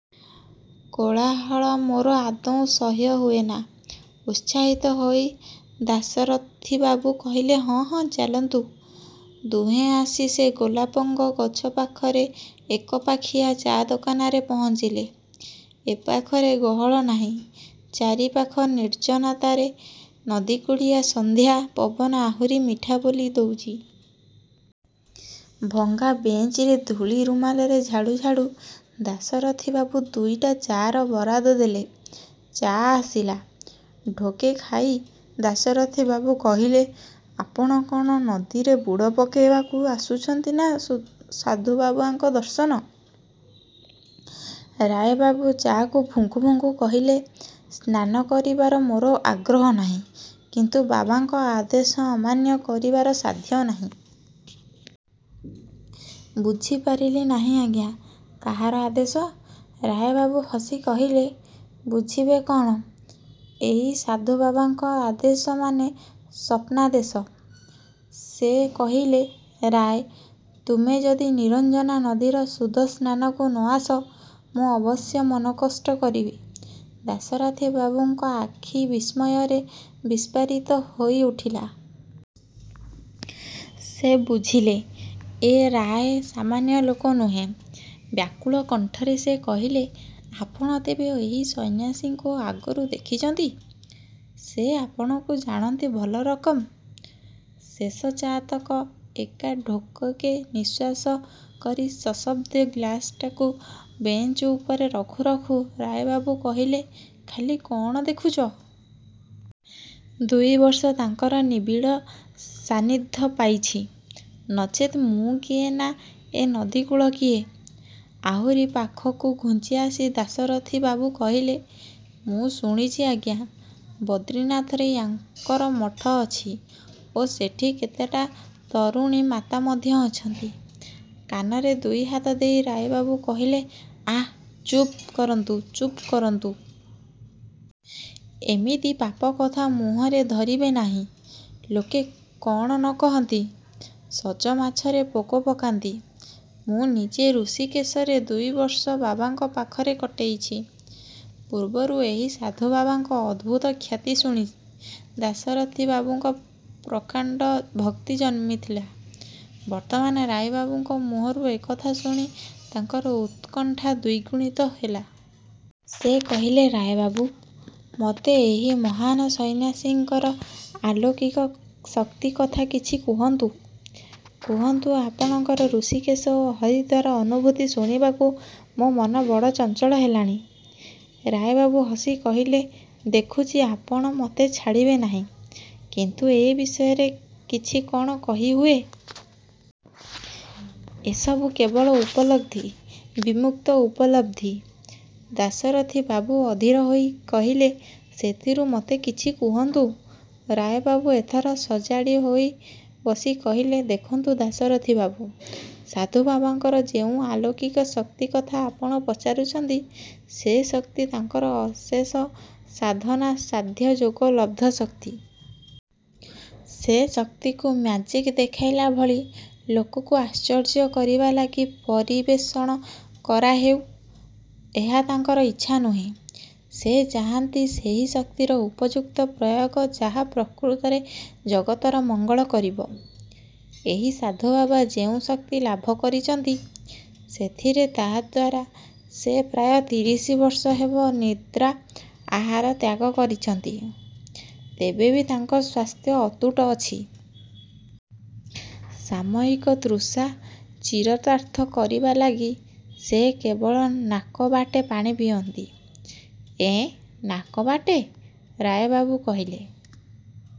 "କୋଳାହଳ ମୋର ଆଦୌ ସହ୍ୟ ହୁଏନା।" ଉତ୍ସାହିତ ହୋଇ ଦାଶରଥିବାବୁ କହିଲେ, "ହଁ, ହଁ, ଚାଲନ୍ତୁ।" ଦୁହେଁ ଆସି ସେ ପୋଲାଙ୍ଗ ଗଛ ପାଖର, ଏକପାଖିଆ ଚା' ଦୋକାନରେ ପହଞ୍ଚିଲେ। ଏପାଖରେ ଗହଳ ନାଇଁ, ଚାରିପାଖର ନିର୍ଜନତାରେ ନଦୀକୂଳିଆ ସନ୍ଧ୍ୟା ପବନ ଆହୁରି ମିଠା ବୋଳି ଦଉଚି। ଭଙ୍ଗା ବେଞ୍ଚରେ ଧୂଳି ରୁମାଲରେ ଝାଡ଼ୁ ଝାଡ଼ୁ ଦାଶରଥିବାବୁ ଦୁଇଟା ଚା'ର ବରାଦ ଦେଲେ। ଚା' ଆସିଲା। ଢୋକେ ଖାଇ ଦାଶରଥିବାବୁ କହିଲେ, "ଆପଣ କ'ଣ ନଦୀରେ ବୁଡ଼ ପକାଇବାକୁ ଆସୁଚନ୍ତି ନାଁ ସାଧୁବାବାଙ୍କ ଦର୍ଶନ?" ରାୟବାବୁ ଚା'କୁ ଫୁଙ୍କୁ ଫୁଙ୍କୁ କହିଲେ, "ସ୍ନାନ କରିବାର ମୋର ଆଗ୍ରହ ନାହିଁ; କିନ୍ତୁ ବାବାଙ୍କ ଆଦେଶ ଅମାନ୍ୟ କରିବାର ସାଧ୍ୟ ନାହିଁ।" "ବୁଝି ପାରିଲି ନାହିଁ ଆଜ୍ଞା, କାହାର ଆଦେଶ?" ରାୟବାବୁ ହସି କହିଲେ, "ବୁଝିବେ କ'ଣ? ଏଇ ସାଧୁବାବାଙ୍କ ଆଦେଶ ମାନେ ସ୍ୱପ୍ନାଦେଶ। ସେ କହିଲେ, 'ରାୟ, ତୁମେ ଯଦି ନିରଞ୍ଜନା ନଦୀର ଶୁଦ୍ଧ ସ୍ନାନକୁ ନ ଆସ, ମୁଁ ଅବଶ୍ୟ ମନକଷ୍ଟ କରିବି।'"ଦାଶରଥିବାବୁଙ୍କ ଆଖି ବିସ୍ମୟରେ ବିସ୍ଫାରିତ ହୋଇ ଉଠିଲା। ସେ ବୁଝିଲେ, ଏ ରାୟ ସାମାନ୍ୟ ଲୋକ ନୁହେଁ। ବ୍ୟାକୁଳ କଣ୍ଠରେ ସେ କହିଲେ, "ଆପଣ ତେବେ ଏହି ସନ୍ନ୍ୟାସୀଙ୍କୁ ଆଗରୁ ଦେଖିଚନ୍ତି? ସେ ଆପଣଙ୍କୁ ଜାଣନ୍ତି ଭଲ ରକମ୍?" ଶେଷ ଚା'ତକ ଏକା ଢୋକକେ ନିଃଶେଷ କରି, ସଶବ୍ଦେ ଗ୍ଲାସଟାକୁ ବେଞ୍ଚ ଉପରେ ରଖୁ ରଖୁ ରାୟବାବୁ କହିଲେ, "ଖାଲି କ'ଣ ଦେଖୁଚ? ଦୁଇ ବର୍ଷ ତାଙ୍କର ନିବିଡ଼ ସାନ୍ନିଧ୍ୟ ପାଇଚି। ନଚେତ୍ ମୁଁ କିଏ ନାଁ ଏ ନଦୀକୂଳ କିଏ?" ଆହୁରି ପାଖକୁ ଘୁଞ୍ଚିଆସି ଦାଶରଥିବାବୁ କହିଲେ, "ମୁଁ ଶୁଣିଚି ଆଜ୍ଞା, ବଦ୍ରିନାଥରେ ୟାଙ୍କର ମଠ ଅଛି ଓ ସେଠି କେତେଟା ତରୁଣୀ ମାତା ମଧ୍ୟ ଅଛନ୍ତି?" କାନରେ ଦୁଇହାତ ଦେଇ ରାୟବାବୁ କହିଲେ, "ଆଃ ଚୁପ୍ କରନ୍ତୁ, ଚୁପ୍ କରନ୍ତୁ! ଏମିତି ପାପ କଥା ମୁହଁରେ ଧରିବେ ନାହିଁ। ଲୋକେ କ'ଣ ନ କହନ୍ତି? ସଜମାଛରେ ପୋକ ପକାନ୍ତି। ମୁଁ ନିଜେ ଋଷିକେଶରେ ଦୁଇବର୍ଷ ବାବାଙ୍କ ପାଖରେ କଟେ ଇଛି।"ପୂର୍ବରୁ ଏହି ସାଧୁବାବାଙ୍କର ଅଦ୍ଭୁତ ଖ୍ୟାତି ଶୁଣି, ଦାଶରଥିବାବୁଙ୍କର ପ୍ରକାଣ୍ଡ ଭକ୍ତି ଜନ୍ମିଥିଲା। ବର୍ତ୍ତମାନ ରାୟବାବୁଙ୍କ ମୁହଁରୁ ଏକଥା ଶୁଣି ତାଙ୍କର ଉତ୍କଣ୍ଠା ଦ୍ଵିଗୁଣିତ ହେଲା। ସେ କହିଲେ, "ରାୟବାବୁ, ମତେ ଏହି ମହାନ୍ ସନ୍ନ୍ୟାସୀଙ୍କର ଆଲୌକିକ ଶକ୍ତି କଥା କିଛି କୁହନ୍ତୁ। କୁହନ୍ତୁ ଆପଣଙ୍କର ଋଷିକେଶ ଓ ହରିଦ୍ୱାରର ଅନୁଭୂତି ଶୁଣିବାକୁ ମୋ ମନ ବଡ଼ ଚଞ୍ଚଳ ହେଲାଣି।" ରାୟବାବୁ ହସି କହିଲେ, "ଦେଖୁଚି, ଆପଣ ମତେ ଛାଡ଼ିବେ ନାହିଁ। କିନ୍ତୁ ଏ ବିଷୟରେ କିଛି କ'ଣ କହି ହୁଏ? ଏସବୁ କେବଳ ଉପଲବ୍ଧି, ବିମୁକ୍ତ ଉପଲବ୍ଧି। ଦା ଶରଥିବାବୁ ଅଧୀର ହୋଇ କହିଲେ, "ସେଥିରୁ ମତେ କିଛି କୁହନ୍ତୁ।" ରାୟବାବୁ ଏଥର ସଜାଡ଼ି ହୋଇ ବସି କହିଲେ, "ଦେଖନ୍ତୁ ଦାଶରଥିବାବୁ, ସାଧୁ ବାବାଙ୍କର ଯେଉଁ ଆ ଲୌକିକ ଶକ୍ତିକଥା ଆପଣ ପଚାରୁଛନ୍ତି, ସେ ଶକ୍ତି ତାଙ୍କର ଅଶେଷ ସାଧନା ସାଧ୍ୟ ଯୋଗ ଲବ୍ଧ ଶକ୍ତି। ସେ ଶକ୍ତିକୁ ମ୍ୟାଜିକ ଦେଖେଇଲା ଭଳି, ଲୋକକୁ ଆଶ୍ଚର୍ଯ୍ୟ କରିବା ଲାଗି, ପରିବେଷଣ କରାହେଉ, ଏହା ତାଙ୍କର ଇଚ୍ଛା ନୁହେଁ। ସେ ଚାହାନ୍ତି ସେହି ଶକ୍ତିର ଉପଯୁକ୍ତ ପ୍ରୟୋଗ ଯାହା ପ୍ରକୃତରେ ଜଗତର ମଙ୍ଗଳ କରିବ। ଏହି ସାଧୁବାବା ଯେଉଁ ଶକ୍ତି ଲାଭ କରିଚନ୍ତି, ସେଥିରେ ତାହାଦ୍ୱାରା ସେ ପ୍ରାୟ ତିରିଶ ବର୍ଷ ହେବ ନିଦ୍ରା ଆହାର ତ୍ୟାଗ କରିଚନ୍ତି, ତେବେ ବି ତାଙ୍କ ସ୍ୱାସ୍ଥ୍ୟ ଅତୁଟ ଅଛି। ସାମୟିକ ତୃଷା ଚିରତାର୍ଥ କରିବା ଲାଗି ସେ କେବଳ ନାକ ବାଟେ ପାଣି ପିଅ'ନ୍ତି।""ଏଁ ନାକ ବାଟେ?"ରାୟବାବୁ କହିଲେ